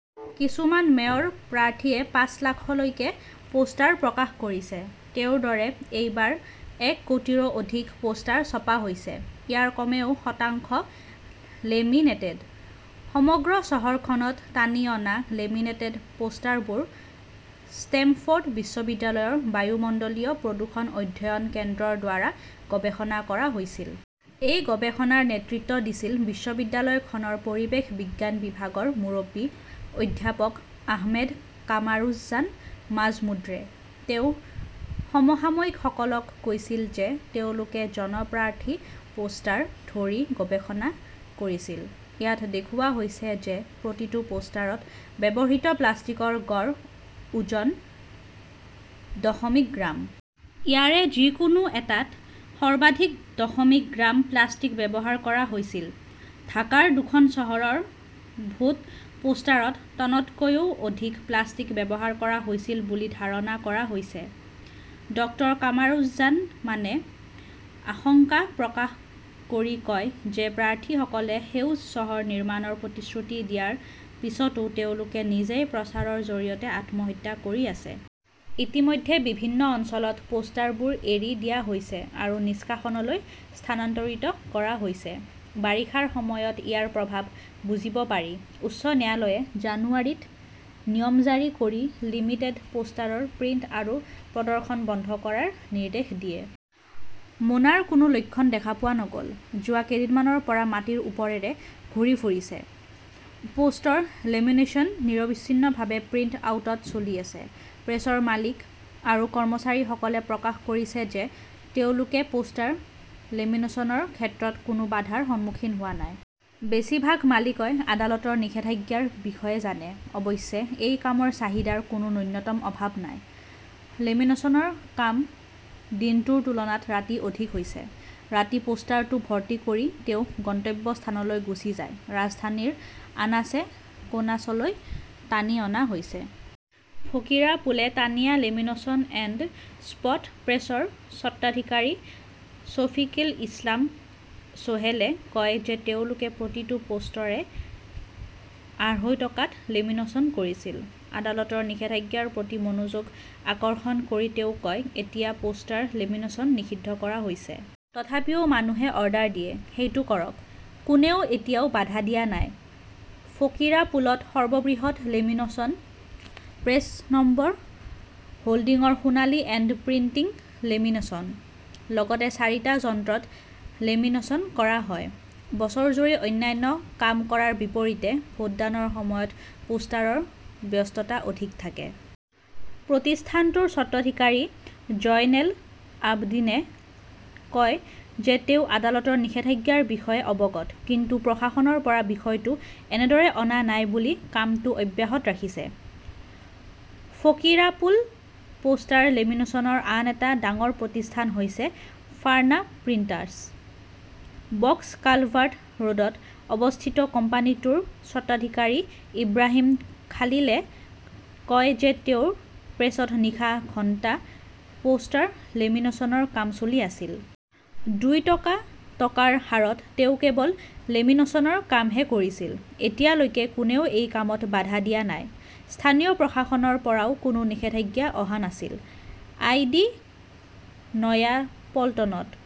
কিছুমান মেয়ৰ প্ৰাৰ্থীয়ে পাঁচ লাখলৈকে পোষ্টাৰ প্ৰকাশ কৰিছে। তেওঁৰ দৰে, এইবাৰ এক কোটিৰো অধিক পোষ্টাৰ ছপা কৰা হৈছে। ইয়াৰ কমেও শতাংশ লেমিনেটেড। সমগ্ৰ চহৰখনত টানি অনা লেমিনেটেড পোষ্টাৰবোৰ ষ্টেমফৰ্ড বিশ্ববিদ্যালয়ৰ বায়ুমণ্ডলীয় প্ৰদূষণ অধ্যয়ন কেন্দ্ৰ ৰ দ্বাৰা গৱেষণা কৰা হৈছিল। এই গৱেষণাৰ নেতৃত্ব দিছিল বিশ্ববিদ্যালয়খনৰ পৰিৱেশ বিজ্ঞান বিভাগৰ মুৰব্বী অধ্যাপক আহমেদ কামৰুজান মাজমুদ্ৰে। তেওঁ সমসাময়িকসকলক কৈছিল যে তেওঁলোকে জন প্ৰাৰ্থীৰ পোষ্টাৰ ধৰি গৱেষণা কৰিছিল। ইয়াত দেখুওৱা হৈছে যে প্ৰতিটো পোষ্টাৰত ব্যৱহৃত প্লাষ্টিকৰ গড় ওজন দশমিক গ্ৰাম। ইয়াৰে যিকোনো এটাত সৰ্বাধিক দশমিক গ্ৰাম প্লাষ্টিক ব্যৱহাৰ কৰা হৈছিল। ঢাকাৰ দুখন চহৰৰ ভোট পোষ্টাৰত টনতকৈও অধিক প্লাষ্টিক ব্যৱহাৰ কৰা হৈছিল বুলি ধাৰণা কৰা হৈছে। ডক্টৰ কামৰুজ্জমানে আশংকা প্ৰকাশ কৰি কয় যে প্ৰাৰ্থীসকলে সেউজ চহৰ নিৰ্মাণৰ প্ৰতিশ্ৰুতি দিয়াৰ পিছতো তেওঁলোকে নিজেই প্ৰচাৰৰ জৰিয়তে আত্মহত্যা কৰি আছে। ইতিমধ্যে বিভিন্ন অঞ্চলত পোষ্টাৰবোৰ এৰি দিয়া হৈছে আৰু নিষ্কাশনলৈ স্থানান্তৰিত কৰা হৈছে। বাৰিষাৰ সময়ত ইয়াৰ প্ৰভাৱ বুজিব পাৰি। উচ্চ ন্যায়ালয়ে জানুৱাৰীত নিয়ম জাৰি কৰি লেমিনেটেড পোষ্টাৰৰ প্ৰিণ্ট আৰু প্ৰদৰ্শন বন্ধ কৰাৰ নিৰ্দেশ দিয়ে। মোনাৰ কোনো লক্ষণ দেখা পোৱা নগ’ল। যোৱা কেইদিনমানৰ পৰা মাটিৰ ওপৰেৰে ঘূৰি ফুৰিছে, পোষ্টৰ লেমিনেশ্যন নিৰবিচ্ছিন্নভাৱে প্ৰিণ্ট আউটত চলি আছে। প্ৰেছৰ মালিক আৰু কৰ্মচাৰীসকলে প্ৰকাশ কৰিছে যে তেওঁলোকে পোষ্টাৰ লেমিনেচনৰ ক্ষেত্ৰত কোনো বাধাৰ সন্মুখীন হোৱা নাই। বেছিভাগ মালিকই আদালতৰ নিষেধাজ্ঞাৰ বিষয়ে জানে। অৱশ্যে, এই কামৰ চাহিদাৰ কোনো ন্যূনতম অভাৱ নাই। লেমিনেচনৰ কাম দিনটোৰ তুলনাত ৰাতি অধিক হৈছে। ৰাতি পোষ্টাৰটো ভৰ্তি কৰি তেওঁ গন্তব্যস্থানলৈ গুচি যায়। ৰাজধানীৰ আনাচে-কানাচেলৈ টানি অনা হৈছে।, ফকীৰাপুলে তানিয়া লেমিনেচন এণ্ড স্পট প্ৰেছৰ স্বত্বাধিকাৰী শফিকিল ইছলাম চোহেলে কয় যে তেওঁলোকে প্ৰতিটো পোষ্টাৰে আঢ়ৈ টকাত লেমিনেচন কৰিছিল। আদালতৰ নিষেধাজ্ঞাৰ প্ৰতি মনোযোগ আকৰ্ষণ কৰি তেওঁ কয়, এতিয়া পোষ্টাৰ লেমিনেচন নিষিদ্ধ কৰা হৈছে। তথাপিও মানুহে অৰ্ডাৰ দিয়ে, সেইটো কৰক। কোনেও এতিয়াও বাধা দিয়া নাই। 'ফকীৰাপুলত সৰ্ববৃহৎ লেমিনেচন প্ৰেছ নম্বৰ হোল্ডিংৰ' সোণালী এণ্ড প্ৰিণ্টিং লেমিনেচন । লগতে চাৰিটা যন্ত্ৰত লেমিনেচন কৰা হয়। বছৰজুৰি অন্যান্য কাম কৰাৰ বিপৰীতে ভোটদানৰ সময়ত পোষ্টাৰৰ ব্যস্ততা অধিক থাকে। প্ৰতিষ্ঠানটোৰ স্বত্বাধিকাৰী জয়নেল আবদীনে কয় যে তেওঁ আদালতৰ নিষেধাজ্ঞাৰ বিষয়ে অৱগত। কিন্তু প্ৰশাসনৰ পৰা বিষয়টো এনেদৰে অহা নাই বুলি কামটো অব্যাহত ৰাখিছে। ফকীৰাপুলে পোষ্টাৰ লেমিনেচনৰ আন এটা ডাঙৰ প্ৰতিষ্ঠান হৈছে ফাৰ্না প্ৰিণ্টাৰ্ছ। বক্স কালভাৰ্ট ৰোডত অৱস্থিত কোম্পানীটোৰ স্বত্বাধিকাৰী ইব্ৰাহিম খালিলে কয় যে তেওঁৰ প্ৰেছত নিশা ঘণ্টা পোষ্টাৰ লেমিনেচনৰ কাম চলি আছিল। দুই টকা টকাৰ হাৰত তেওঁ কেৱল লেমিনেচনৰ কামহে কৰিছিল। এতিয়ালৈকে কোনেও এই কামত বাধা দিয়া নাই। স্থানীয় প্ৰশাসনৰ পৰাও কোনো নিষেধাজ্ঞা অহা নাছিল। আই. ডি. নয়াপল্টনত